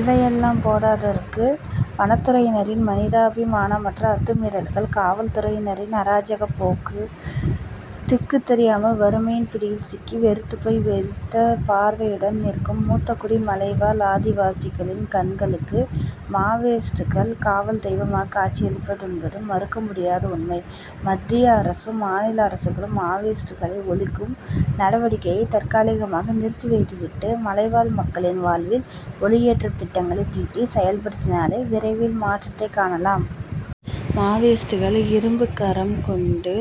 இவையெல்லாம் போதாதற்கு வனத்துறையினரின் மனிதாபிமானமற்ற அத்துமீறல்கள். காவல்துறையினரின் அராஜகப் போக்கு திக்குத் தெரியாமல் வறுமையின் பிடியில் சிக்கி வெறுத்துப்போய் வெறித்த பார்வையுடன் நிற்கும் மூத்தகுடி மலைவாழ் ஆதிவாசிகளின் கண்களுக்கு மாவோயிஸ்ட்கள் காவல் தெய்வமாகக் காட்சியளிப்பதென்பது மறுக்க முடியாத உண்மை. மத்திய அரசும் மாநில அரசுகளும் மாவோயிஸ்டுகளை ஒழிக்கும் நடவடிக்கையைத் தற்காலிகமாக நிறுத்திவைத்துவிட்டு மலைவாழ் மக்களின் வாழ்வில் ஒளியேற்றும் திட்டங்களைத் தீட்டி செயல்படுத்தினாலே விரைவில் மாற்றத்தைக் காணலாம். மாவோயிஸ்டுகளை இரும்புக் கரம் கொண்டு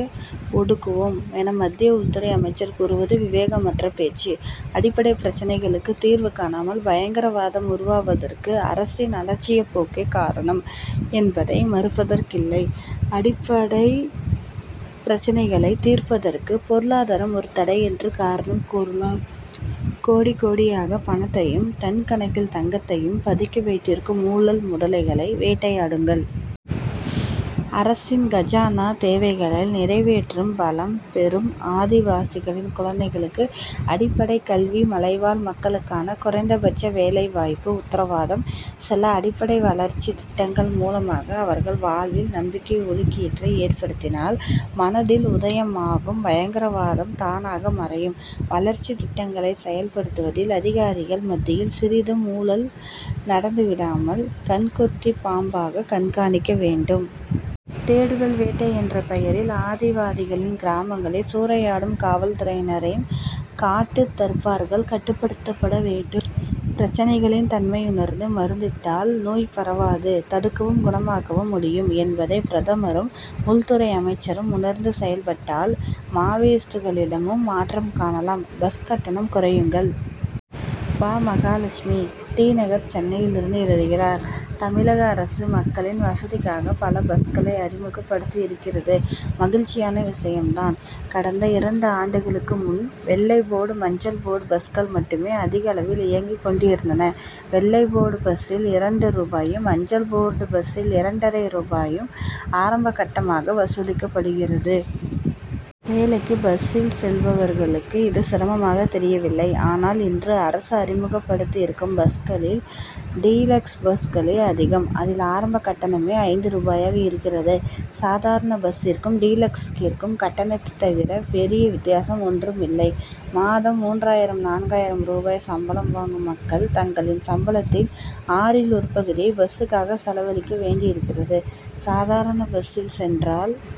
ஒடுக்குவோம் என மத்திய உள்துறை அமைச்சர் கூறுவது விவேகமற்ற பேச்சு. அடிப்படை பிரச்னைகளுக்குத் தீர்வு காணாமல் பயங்கரவாதம் உருவாவதற்கு அரசின் அலட்சியப் போக்கே காரணம் என்பதை மறுப்பதற்கில்லை. அடிப்படைப் பிரச்னைகளைத் தீர்ப்பதற்கு பொருளாதாரம் ஒரு தடையென்று காரணம் கூறலாம். கோடி கோடியாகப் பணத்தையும் டன் கணக்கில் தங்கத்தையும் பதுக்கி வைத்திருக்கும் ஊழல் முதலைகளை வேட்டையாடுங்கள். அரசின் கஜானா தேவைகளை நிறைவேற்றும் பலம் பெறும். ஆதிவாசிகளின் குழந்தைகளுக்கு அடிப்படைக் கல்வி மலைவாழ் மக்களுக்கான குறைந்தபட்ச வேலை வாய்ப்பு உத்தரவாதம். சில அடிப்படை வளர்ச்சித் திட்டங்கள் மூலமாக அவர்கள் வாழ்வில் நம்பிக்கை ஒளிக்கீற்றை ஏற்படுத்தினால் மனதில் உதயமாகும் பயங்கரவாதம் தானாக மறையும். வளர்ச்சித் திட்டங்களை செயல்படுத்துவதில் அதிகாரிகள் மத்தியில் சிறிதும் ஊழல் நடந்துவிடாமல் கண் கொத்திப் பாம்பாகக் கண்காணிக்க வேண்டும். தேடுதல் வேட்டை என்ற பெயரில் ஆதிவாதிகளின் கிராமங்களை சூறையாடும் காவல் துறையினரின் காட்டு தர்பார்கள் கட்டுப்படுத்தப்பட வேண்டும். பிரச்னைகளின் தன்மையுணர்ந்து மருந்திட்டால் நோய் பரவாது தடுக்கவும் குணமாக்கவும் முடியும் என்பதைப் பிரதமரும் உள்துறை அமைச்சரும் உணர்ந்து செயல்பட்டால் மாவோயிஸ்டுகளிடமும் மாற்றம் காணலாம். பஸ் கட்டணம் குறையுங்கள்! பா. மகாலட்சுமி தி. நகர் சென்னையிலிருந்து எழுதுகிறார் தமிழக அரசு மக்களின் வசதிக்காக பல பஸ்களை அறிமுகப்படுத்தியிருக்கிறது மகிழ்ச்சியான விஷயம் தான். கடந்த இரண்டு ஆண்டுகளுக்கு முன் வெள்ளை போர்டு மஞ்சள் போர்டு பஸ்கள் மட்டுமே அதிக அளவில் இயங்கிக் கொண்டிருந்தன. வெள்ளை போர்டு பஸ்சில் இரண்டு ரூபாயும் மஞ்சள் போர்டில் இரண்டரை ரூபாயும் ஆரம்பக் கட்டணமாக வசூலிக்கப்படுகிறது. வேலைக்கு பஸ்சில் செல்பவர்களுக்கு இது சிரமமாக தெரியவில்லை. ஆனால் இன்று அரசு அறிமுகப்படுத்தியிருக்கும் பஸ்களில் டீலக்ஸ் பஸ்களே அதிகம். இதில் ஆரம்பக் கட்டணமே ஐந்து ரூபாயாக இருக்கிறது. சாதாரண பஸ்சிற்கும் டீலக்சிற்கும் கட்டணத்தை தவிர பெரிய வித்தியாசம் ஒன்றும் இல்லை. மாதம் மூன்றாயிரம் நான்காயிரம் ரூபாய் சம்பளம் வாங்கும் மக்கள் தங்களின் சம்பளத்தில் ஆறில் ஒரு பகுதியை பஸ்சுக்காக செலவழிக்க வேண்டியிருக்கிறது. சாதாரண பஸ்சில் சென்றால்